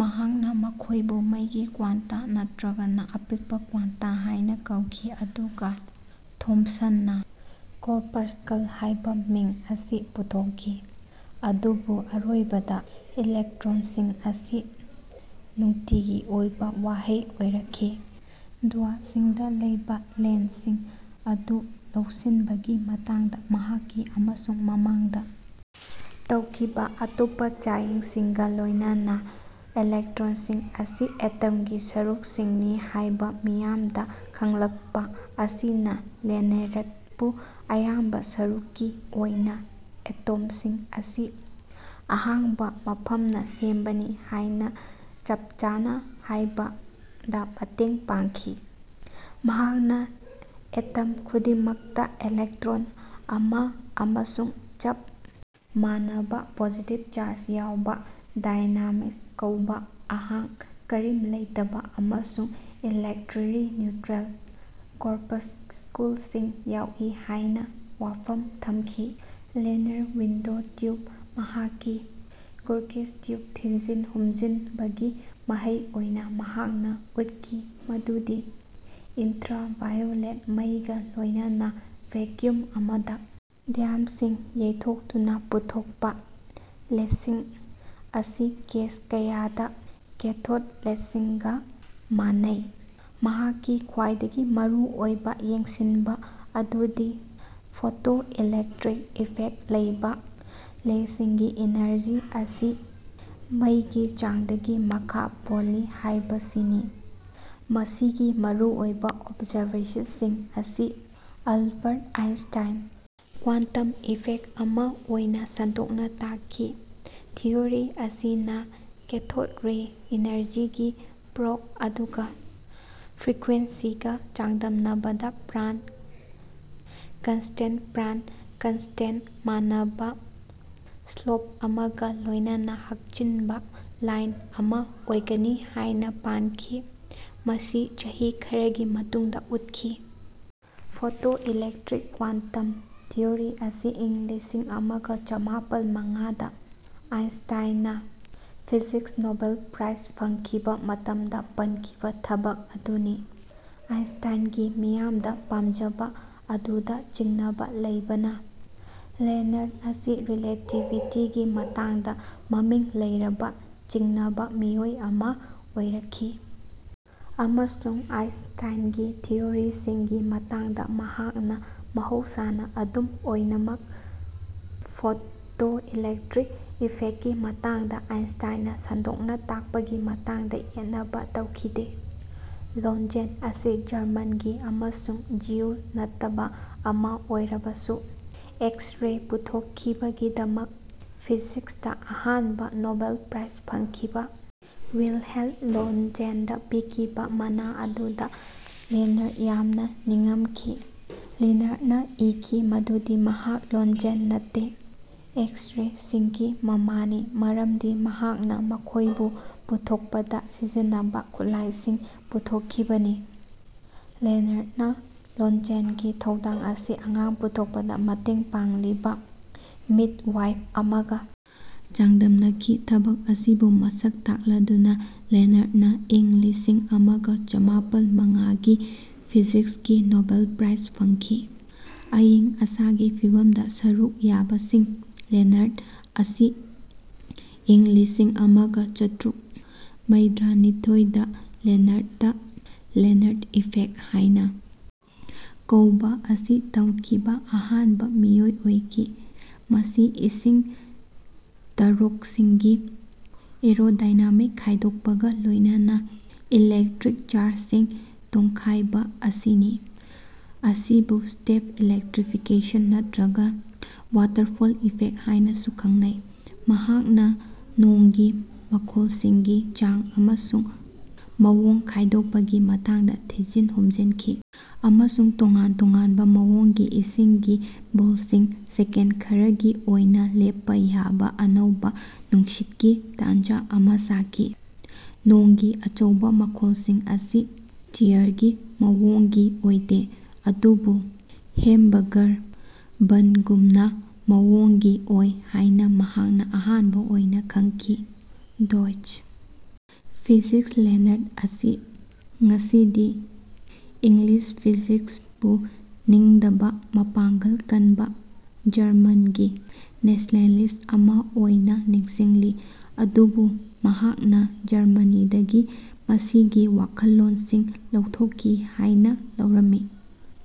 ꯃꯍꯥꯛꯅ ꯃꯈꯣꯏꯕꯨ ꯃꯩꯒꯤ ꯀ꯭ꯋꯥꯟꯇꯥ ꯅꯠꯇ꯭ꯔꯒ ꯑꯄꯤꯛꯄ ꯀ꯭ꯋꯥꯟꯇꯥ ꯍꯥꯏꯅ ꯀꯧꯈꯤ ꯑꯗꯨꯒ ꯊꯣꯝꯁꯟꯅ ꯀꯣꯔꯄꯁꯀꯜꯁ ꯍꯥꯏꯕ ꯃꯤꯡ ꯑꯁꯤ ꯄꯨꯊꯣꯛꯈꯤ, ꯑꯗꯨꯕꯨ ꯑꯔꯣꯏꯕꯗ ꯏꯂꯦꯛꯇ꯭ꯔꯣꯟꯁꯤꯡ ꯑꯁꯤ ꯅꯨꯡꯇꯤꯒꯤ ꯑꯣꯏꯕ ꯋꯥꯍꯩ ꯑꯣꯏꯔꯛꯈꯤ꯫ ꯙꯋꯥꯁꯤꯡꯗ ꯂꯩꯕ ꯔꯦꯟꯁꯤꯡ ꯑꯗꯨ ꯂꯧꯁꯤꯟꯕꯒꯤ ꯃꯇꯥꯡꯗ ꯃꯍꯥꯛꯀꯤ ꯑꯃꯁꯨꯡ ꯃꯃꯥꯡꯗ ꯇꯧꯈꯤꯕ ꯑꯇꯣꯞꯄ ꯆꯥꯡꯌꯦꯡꯁꯤꯡꯒ ꯂꯣꯏꯅꯅꯥ, ꯏꯂꯦꯛꯇ꯭ꯔꯣꯟꯁꯤꯡ ꯑꯁꯤ ꯑꯦꯇꯝꯒꯤ ꯁꯔꯨꯛꯁꯤꯡꯅꯤ ꯍꯥꯏꯕ ꯃꯤꯌꯥꯝꯗ ꯈꯪꯂꯛꯄ ꯑꯁꯤꯅ ꯂꯦꯅꯥꯔꯗꯄꯨ ꯑꯌꯥꯝꯕ ꯁꯔꯨꯛꯀꯤ ꯑꯣꯏꯅ ꯑꯦꯇꯣꯝꯁꯤꯡ ꯑꯁꯤ ꯑꯍꯥꯡꯕ ꯃꯐꯝꯅ ꯁꯦꯝꯕꯅꯤ ꯍꯥꯏꯅ ꯆꯞꯆꯥꯅ ꯍꯥꯏꯕꯗ ꯃꯇꯦꯡ ꯄꯥꯡꯈꯤ꯫ ꯃꯍꯥꯛꯅ ꯑꯦꯇꯝ ꯈꯨꯗꯤꯡꯃꯛꯇ ꯏꯂꯦꯛꯇ꯭ꯔꯣꯟ ꯑꯃꯥ ꯑꯃꯁꯨꯡ ꯆꯞ ꯃꯥꯟꯅꯕ ꯄꯣꯖꯤꯇꯤꯕ ꯆꯥꯔꯖ ꯌꯥꯎꯕ "ꯗꯥꯏꯅꯥꯃꯤꯗꯁ"ꯀꯧꯕ ꯑꯍꯥꯡ ꯀꯔꯤꯝ ꯂꯩꯇꯕ ꯑꯃꯁꯨꯡ ꯏꯂꯦꯛꯇ꯭ꯔꯤꯔꯤ ꯅ꯭ꯌꯨꯇꯔꯦꯜ ꯀꯣꯔꯄꯁ꯭ꯀꯨꯜꯁꯤꯡ ꯌꯥꯎꯏ ꯍꯥꯏꯅ ꯋꯥꯐꯝ ꯊꯝꯈꯤ꯫ ꯂꯦꯅꯥꯔꯗ ꯋꯤꯟꯗꯣ ꯇ꯭ꯌꯨꯞ ꯃꯍꯥꯛꯀꯤ ꯀꯨꯔꯀꯤꯁ ꯇ꯭ꯌꯨꯞ ꯊꯤꯖꯤꯟ-ꯍꯨꯝꯖꯤꯟꯕꯒꯤ ꯃꯍꯩ ꯑꯣꯏꯅ, ꯃꯍꯥꯛꯅ ꯎꯠꯈꯤ ꯃꯗꯨꯗꯤ ꯑꯜꯇ꯭ꯔꯥꯚꯥꯏꯑꯣꯂꯦꯠ ꯃꯩꯒ ꯂꯣꯏꯅꯅ ꯚꯦꯀ꯭ꯌꯨꯝ ꯑꯃꯗ ꯙꯥꯝꯁꯤꯡ ꯌꯩꯊꯣꯛꯇꯨꯅ ꯄꯨꯊꯣꯛꯄ ꯔꯦꯁꯤꯡ ꯑꯁꯤ ꯀꯦꯁ ꯀꯌꯥꯗ ꯀꯦꯊꯣꯗ ꯔꯦꯁꯤꯡꯒ ꯃꯥꯟꯅꯩ꯫ ꯃꯍꯥꯛꯀꯤ ꯈ꯭ꯋꯥꯏꯗꯒꯤ ꯃꯔꯨꯑꯣꯏꯕ ꯌꯦꯡꯁꯤꯟꯕ ꯑꯗꯨꯗꯤ ꯐꯣꯇꯣ ꯏꯂꯦꯛꯇ꯭ꯔꯤꯛ ꯏꯐꯦꯛ ꯂꯩꯕ ꯔꯦꯁꯤꯡꯒꯤ ꯏꯅꯔꯖꯤ ꯑꯁꯤ ꯃꯩꯒꯤ ꯆꯥꯡꯗꯒꯤ ꯃꯈꯥ ꯄꯣꯜꯂꯤ ꯍꯥꯏꯕꯁꯤꯅꯤ꯫ ꯃꯁꯤꯒꯤ ꯑꯔꯣꯏꯕ ꯑꯣꯞꯖꯔꯕꯦꯁꯟꯁꯤꯡ ꯑꯁꯤ ꯑꯜꯕꯥꯔꯠ ꯑꯥꯏꯟꯁꯇꯤꯟ ꯀ꯭ꯋꯥꯟꯇꯝ ꯏꯐꯦꯛ ꯑꯃ ꯑꯣꯏꯅ ꯁꯟꯗꯣꯛꯅ ꯇꯥꯛꯈꯤ꯫ ꯊꯤꯑꯣꯔꯤ ꯑꯁꯤꯅ ꯀꯦꯊꯣꯗ ꯔꯦ ꯏꯅꯔꯖꯤꯒꯤ ꯄ꯭ꯔꯣꯛ ꯑꯗꯨꯒ ꯐ꯭ꯔꯤꯀ꯭ꯌꯦꯟꯁꯤꯒ ꯆꯥꯡꯗꯝꯅꯕꯗ ꯄ꯭ꯔꯥꯟ ꯀꯟꯁꯇꯦꯟꯄ꯭ꯔꯥꯟ ꯀꯟꯁꯇꯦꯟ, ꯃꯥꯟꯅꯕ ꯁ꯭ꯂꯣꯞ ꯑꯃꯒ ꯂꯣꯏꯅꯅ ꯍꯛꯆꯤꯟꯕ ꯂꯥꯏꯟ ꯑꯃ ꯑꯣꯏꯒꯅꯤ ꯍꯥꯏꯅ ꯄꯥꯟꯈꯤ꯫ ꯃꯁꯤ ꯆꯍꯤ ꯈꯔꯒꯤ ꯃꯇꯨꯡꯗ ꯎꯠꯈꯤ꯫ ꯐꯣꯇꯣ-ꯏꯂꯦꯛꯇ꯭ꯔꯤꯛ ꯀ꯭ꯋꯥꯟꯇꯝ ꯊꯤꯑꯣꯔꯤ ꯑꯁꯤ ꯏꯪ ꯂꯤꯁꯤꯡ ꯑꯃꯒ ꯆꯥꯃꯄꯟꯃꯉꯥꯗ ꯑꯥꯏꯟꯁꯇꯥꯢꯟꯅ ꯐꯤꯖꯤꯛꯁ ꯅꯣꯕꯦꯜ ꯄ꯭ꯔꯥꯏꯖ ꯐꯪꯈꯤꯕ ꯃꯇꯝꯗ ꯄꯟꯈꯤꯕ ꯊꯕꯛ ꯑꯗꯨꯅꯤ꯫ ꯑꯥꯏꯟꯁꯇꯥꯏꯟꯒꯤ ꯃꯤꯌꯥꯝꯗ ꯄꯥꯝꯖꯕ ꯑꯗꯨꯗ ꯆꯤꯡꯅꯕ ꯂꯩꯕꯅ, ꯂꯦꯅꯥꯔꯗ ꯑꯁꯤ ꯔꯤꯂꯦꯇꯤꯚꯤꯇꯤꯒꯤ ꯃꯇꯥꯡꯗ ꯃꯃꯤꯡ ꯂꯩꯔꯕ ꯆꯤꯡꯅꯕ ꯃꯤꯑꯣꯏ ꯑꯃ ꯑꯣꯏꯔꯛꯈꯤ ꯑꯃꯁꯨꯡ ꯑꯥꯏꯟꯁꯇꯥꯢꯟꯒꯤ ꯊꯤꯑꯣꯔꯤꯁꯤꯡꯒꯤ ꯃꯇꯥꯡꯗ ꯃꯍꯥꯛꯅ ꯃꯍꯧꯁꯥꯅ ꯑꯗꯨꯝ ꯑꯣꯏꯅꯃꯛ ꯐꯣꯇꯣ ꯏꯂꯦꯛꯇ꯭ꯔꯤꯛ ꯏꯐꯦꯛꯀꯤ ꯃꯇꯥꯡꯗ ꯑꯥꯏꯟꯁꯇꯥꯢꯟꯅ ꯁꯟꯗꯣꯛꯅ ꯇꯥꯛꯄꯒꯤ ꯃꯇꯥꯡꯗ ꯌꯦꯠꯅꯕ ꯇꯧꯈꯤꯗꯦ꯫ ꯔꯣꯟꯖꯦꯟ ꯑꯁꯤ ꯖꯔꯃꯟꯅꯤ ꯑꯃꯁꯨꯡ ꯖ꯭ꯌꯨ ꯅꯠꯇꯕ ꯑꯃ ꯑꯣꯏꯔꯕꯁꯨ, ꯑꯦꯛꯁ-ꯔꯦ ꯄꯨꯊꯣꯛꯈꯤꯕꯒꯤꯗꯃꯛ, ꯐꯤꯖꯤꯛꯁꯇ ꯑꯍꯥꯟꯕ ꯅꯣꯕꯦꯜ ꯄ꯭ꯔꯥꯏꯖ ꯐꯪꯈꯤꯕ, ꯋꯤꯜꯍꯦꯜ ꯔꯣꯟꯖꯦꯟꯗ ꯄꯤꯈꯤꯕ ꯃꯅꯥ ꯑꯗꯨꯗ ꯂꯦꯅꯥꯔꯗꯅ ꯌꯥꯝꯅ ꯅꯤꯡꯉꯝꯈꯤ꯫ ꯂꯦꯅꯥꯔꯗꯅ ꯏꯈꯤ ꯃꯗꯨꯗꯤ ꯃꯍꯥꯛ ꯔꯣꯟꯖꯦꯟ ꯅꯠꯇꯦ, "ꯑꯦꯛꯁ-ꯔꯦꯁꯤꯡꯒꯤ ꯃꯃꯥ"ꯅꯤ ꯃꯔꯝꯗꯤ ꯃꯍꯥꯛꯅ ꯃꯈꯣꯏꯕꯨ ꯄꯨꯊꯣꯛꯄꯗ ꯁꯤꯖꯤꯟꯅꯕ ꯈꯨꯠꯂꯥꯏꯁꯤꯡ ꯄꯨꯊꯣꯛꯈꯤꯕꯅꯤ꯫ ꯂꯦꯅꯥꯔꯗꯅ ꯔꯣꯟꯖꯦꯟꯒꯤ ꯊꯧꯗꯥꯡ ꯑꯁꯤ ꯑꯉꯥꯡ ꯄꯣꯛꯄꯗ ꯃꯇꯦꯡ ꯄꯥꯡꯂꯤꯕ "ꯃꯤꯗꯋꯥꯏꯐ" ꯑꯃꯒ ꯆꯥꯡꯗꯝꯅꯈꯤ꯫ ꯊꯕꯛ ꯑꯁꯤꯕꯨ ꯃꯁꯛ ꯇꯥꯛꯂꯗꯨꯅ ꯂꯦꯅꯥꯔꯗꯅ ꯏꯪ ꯂꯤꯁꯤꯡ ꯑꯃꯒ ꯆꯥꯃꯄꯟ ꯃꯉꯥꯒꯤ ꯐꯤꯖꯤꯛꯁꯀꯤ ꯅꯣꯕꯦꯜ ꯄ꯭ꯔꯥꯏꯖ ꯐꯪꯈꯤ꯫ ꯑꯏꯪ ꯑꯁꯥꯒꯤ ꯐꯤꯕꯝꯗ ꯁꯔꯨꯛ ꯌꯥꯕꯁꯤꯡ ꯂꯦꯅꯥꯔ꯭ꯗ ꯑꯁꯤ ꯏꯪ ꯂꯤꯁꯤꯡ ꯑꯃꯒ ꯆꯥꯇ꯭ꯔꯨꯛ ꯃꯩꯗ꯭ꯔꯥꯅꯤꯊꯣꯢ the Lenard "the Lenard effect" ꯍꯥꯏꯅ ꯀꯧꯕ ꯑꯁꯤ ꯇꯝꯈꯤꯕ ꯑꯍꯥꯟꯕ ꯃꯤꯑꯣꯏ ꯑꯣꯏꯈꯤ꯫ ꯃꯁꯤ ꯏꯁꯤꯡ ꯇꯥꯔꯣꯛꯁꯤꯡꯒꯤ ꯑꯦꯔꯣꯗꯥꯏꯅꯥꯃꯤꯛ ꯈꯥꯏꯗꯣꯛꯄꯒ ꯂꯣꯏꯅꯅ ꯏꯂꯦꯛꯇ꯭ꯔꯤꯛ ꯆꯥꯔꯖꯁꯤꯡ ꯇꯣꯈꯥꯏꯕ ꯑꯁꯤꯅꯤ꯫ ꯑꯁꯤꯕꯨ ꯁ꯭ꯇꯦꯞ ꯏꯂꯦꯛꯇ꯭ꯔꯤꯐꯤꯀ꯭ꯌꯦꯁꯟ ꯅꯠꯇ꯭ꯔꯒ ꯋꯥꯇꯔꯐꯣꯜ ꯏꯐꯦꯛ ꯍꯥꯏꯅꯁꯨ ꯈꯪꯅꯩ꯫ ꯃꯍꯥꯛꯅ ꯅꯣꯡꯒꯤ ꯃꯈꯣꯟꯁꯤꯡꯒꯤ ꯆꯥꯡ ꯑꯃꯁꯨꯡ ꯃꯑꯣꯡ ꯈꯥꯏꯗꯣꯛꯄꯒꯤ ꯃꯇꯥꯡꯗ ꯊꯤꯖꯤꯟ-ꯍꯨꯝꯖꯤꯟꯈꯤ ꯑꯃꯁꯨꯡ ꯇꯣꯉꯥꯟ-ꯇꯣꯉꯥꯟꯕ ꯃꯑꯣꯡꯒꯤ ꯏꯁꯤꯡꯒꯤ ꯕꯣꯟꯁꯤꯡ ꯁꯦꯀꯦꯟ ꯈꯔꯒꯤ ꯑꯣꯏꯅ ꯂꯦꯞꯄ ꯌꯥꯕ ꯑꯅꯧꯕ ꯅꯨꯡꯁꯤꯠꯀꯤ ꯇꯥꯟꯖ ꯑꯃ ꯁꯥꯈꯤ꯫ ꯅꯣꯡꯒꯤ ꯑꯆꯧꯕ ꯃꯈꯣꯟꯁꯤꯡ ꯑꯁꯤ ꯇꯤꯌꯔꯒꯤ ꯃꯑꯣꯡꯒꯤ ꯑꯣꯏꯗꯦ, ꯑꯗꯨꯕꯨ ꯍꯦꯝꯕꯒꯔ ꯕꯟꯒꯨꯝꯅ ꯃꯑꯣꯡꯒꯤ ꯑꯣꯏ ꯍꯥꯏꯅ ꯃꯍꯥꯛꯅ ꯑꯍꯥꯟꯕ ꯑꯣꯏꯅ ꯈꯪꯈꯤ꯫ ꯗꯣꯏꯆ ꯐꯤꯖꯤꯛ ꯂꯦꯅꯥꯔꯗ ꯑꯁꯤ ꯉꯁꯤꯗꯤ "ꯏꯪꯂꯤꯁ ꯐꯤꯖꯤꯛꯁ"ꯕꯨ ꯅꯤꯡꯗꯕ ꯃꯄꯥꯡꯒꯜ ꯀꯟꯕ ꯖꯔꯃꯟꯒꯤ ꯅꯦꯁꯅꯦꯂꯤꯁ ꯑꯃꯥ ꯑꯣꯏꯅ ꯅꯤꯡꯁꯤꯡꯂꯤ, ꯃꯗꯨꯕꯨ ꯃꯍꯥꯛꯅ ꯖꯔꯃꯅꯤꯗꯒꯤ ꯃꯁꯤꯒꯤ ꯋꯥꯈꯜꯂꯣꯟꯁꯤꯡ ꯂꯧꯊꯣꯛꯈꯤ ꯍꯥꯏꯅ ꯂꯧꯔꯝꯃꯤ꯫"